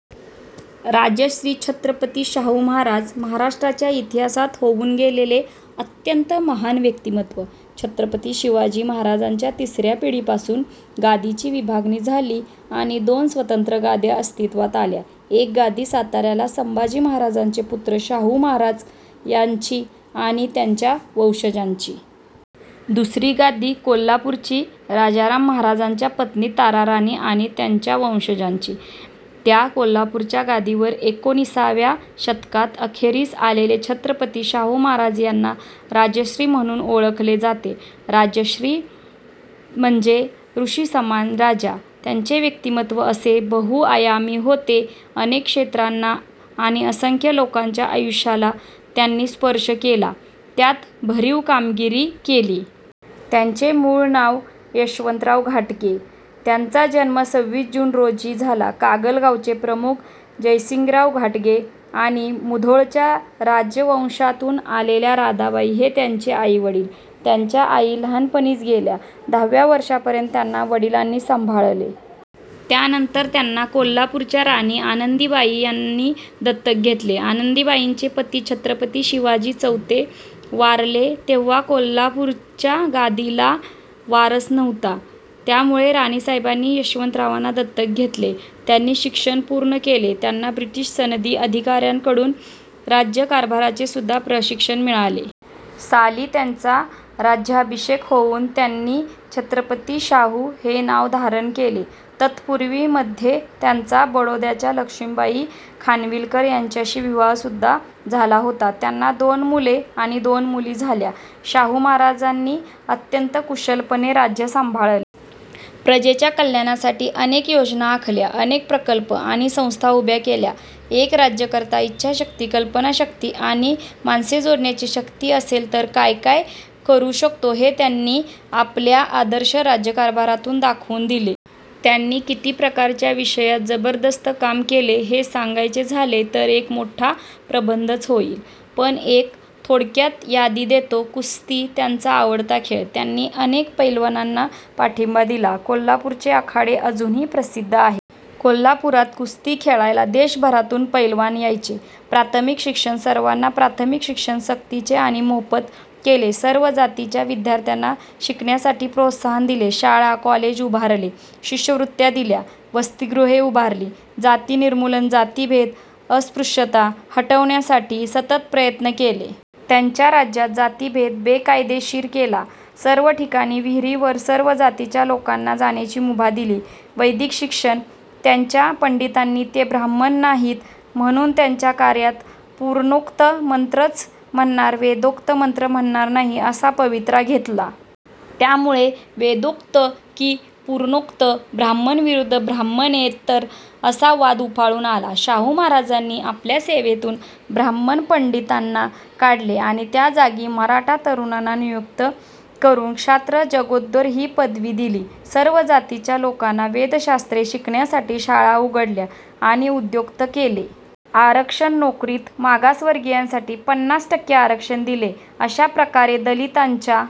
राजर्षी छत्रपती शाहु महाराज. महाराष्ट्राच्या इतिहासात होऊन गेलेले अत्यंत महान व्यक्तिमत्व. छत्रपती शिवाजी महाराजांच्या तिसऱ्या पिढीपासून गादीची विभागणी झाली आणि दोन स्वतंत्र गाद्या अस्तित्वात आल्या. एक गादी साताऱ्याला संभाजी महाराजांचे पुत्र शाहु महाराज यांची आणि त्यांच्या वंशजांची. दुसरी गादी कोल्हापूरची राजाराम महाराजांच्या पत्नी ताराराणी आणि त्यांच्या वंशजांची. त्या कोल्हापूरच्या गादीवर एकोणिसाव्या शतकाच्या अखेरीस आलेले छत्रपती शाहु महाराज यांना राजर्षी म्हणुन ओळखले जाते. राजर्षी म्हणजे ऋषीसमान राजा. त्यांचे व्यक्तिमत्वच असे बहुआयामी होते, अनेक क्षेत्रांना आणि असंख्य लोकांच्या आयुष्याला त्यांनी स्पर्श केला, त्यात भरीव कामगिरी केली. त्यांचे मूळ नाव यशवंतराव घाटगे. त्यांचा जन्म सव्वीस जुन रोजी झाला. कागल गावचे प्रमुख जयसिंगराव घाटगे आणि मुधोळच्या राजवंशातुन आलेल्या राधाबाई हे त्यांचे आईवडील. त्यांच्या आई लहानपणीच गेल्या. दहाव्या वर्षापर्यंत त्यांना वडिलांनी सांभाळले. त्यानंतर त्यांना कोल्हापूरच्या राणी आनंदीबाई यांनी दत्तक घेतले. आनंदीबाईंचे पती छत्रपती शिवाजी चौथे वारले तेव्हा कोल्हापूरच्या गादीला वारस नव्हता. त्यामुळे राणीसाहेबांनी यशवंतरावांना दत्तक घेतले. त्यांनी शिक्षण पूर्ण केले. त्यांना ब्रिटिश सनदी अधिकाऱ्यांकडून राज्य कारभाराचे सुद्धा प्रशिक्षण मिळाले. साली त्यांचा राज्याभिषेक होऊन त्यांनी छत्रपती शाहू हे नाव धारण केले. तत्पूर्वी मध्ये त्यांचा बडोद्याच्या लक्ष्मीबाई खानविलकर यांच्याशी विवाहसुद्धा झाला होता. त्यांना दोन मुले आणि दोन मुली झाल्या. शाहु महाराजांनी अत्यंत कुशलपणे राज्य सांभाळले. प्रजेच्या कल्याणासाठी अनेक योजना आखल्या. अनेक प्रकल्प आणि संस्था उभ्या केल्या. एक राज्यकर्ता इच्छा शक्ती, कल्पनाशक्ती आणि माणसे जोडण्याची शक्ती असले तर काय काय करू शकतो हे त्यांनी आपल्या आदर्श राज्यकारभारातुन दाखवुन दिले. त्यांनी किती प्रकारच्या विषयात जबरदस्त काम केले हे सांगायचे झाले तर एक मोठा प्रबंधच होईल. पण एक थोडक्यात यादी देतो. कुस्ती. त्यांचा आवडता खेळ. त्यांनी अनेक पैलवानांना पाठिंबा दिला. कोल्हापूरचे आखाडे अजूनही प्रसिद्ध आहेत. कोल्हापुरात कुस्ती खेळायला देशभरातून पैलवान यायचे. प्राथमिक शिक्षण सर्वांना प्राथमिक शिक्षण सक्तीचे आणि मोफत केले. सर्व जातीच्या विद्यार्थ्यांना शिकण्यासाठी प्रोत्साहन दिले. शाळा कॉलेज उभारले. शिष्यवृत्त्या दिल्या. वसतिगृहे उभारली. जाती निर्मूलन जातीभेद, अस्पृश्यता हटवण्यासाठी सतत प्रयत्न केले. त्यांच्या राज्यात जातीभेद बेकायदेशीर केला. सर्व ठिकाणी, विहिरींवर सर्व जातीच्या लोकांना जाण्याची मुभा दिली. वेदिक शिक्षण: त्यांच्या पंडितांनी ते ब्राह्मण नाहीत म्हणुन त्यांच्या कार्यात पुराणोक्त मंत्रच म्हणणार वेदोक्त मंत्र म्हणणार नाही असा पवित्रा घेतला. त्यामुळे वेदोक्त कि पुराणोक्त, ब्राह्मण विरुद्ध ब्राह्मणेतर असा वाद उफाळून आला. शाहु महाराजांनी आपल्या सेवेतुन ब्राह्मण पंडितांना काढले आणि त्याजागी मराठा तरुणांना नियुक्त करून क्षात्र जगद्गुरू हि पदवी दिली. सर्व जातीच्या लोकांना वेदशास्त्रे शिकण्यासाठी शाळा उघडल्या आणि उद्युक्त केले. आरक्षण नोकरीत मागासवर्गीयांसाठी पन्नास टक्के आरक्षण दिले. अशा प्रकारे दलितांच्या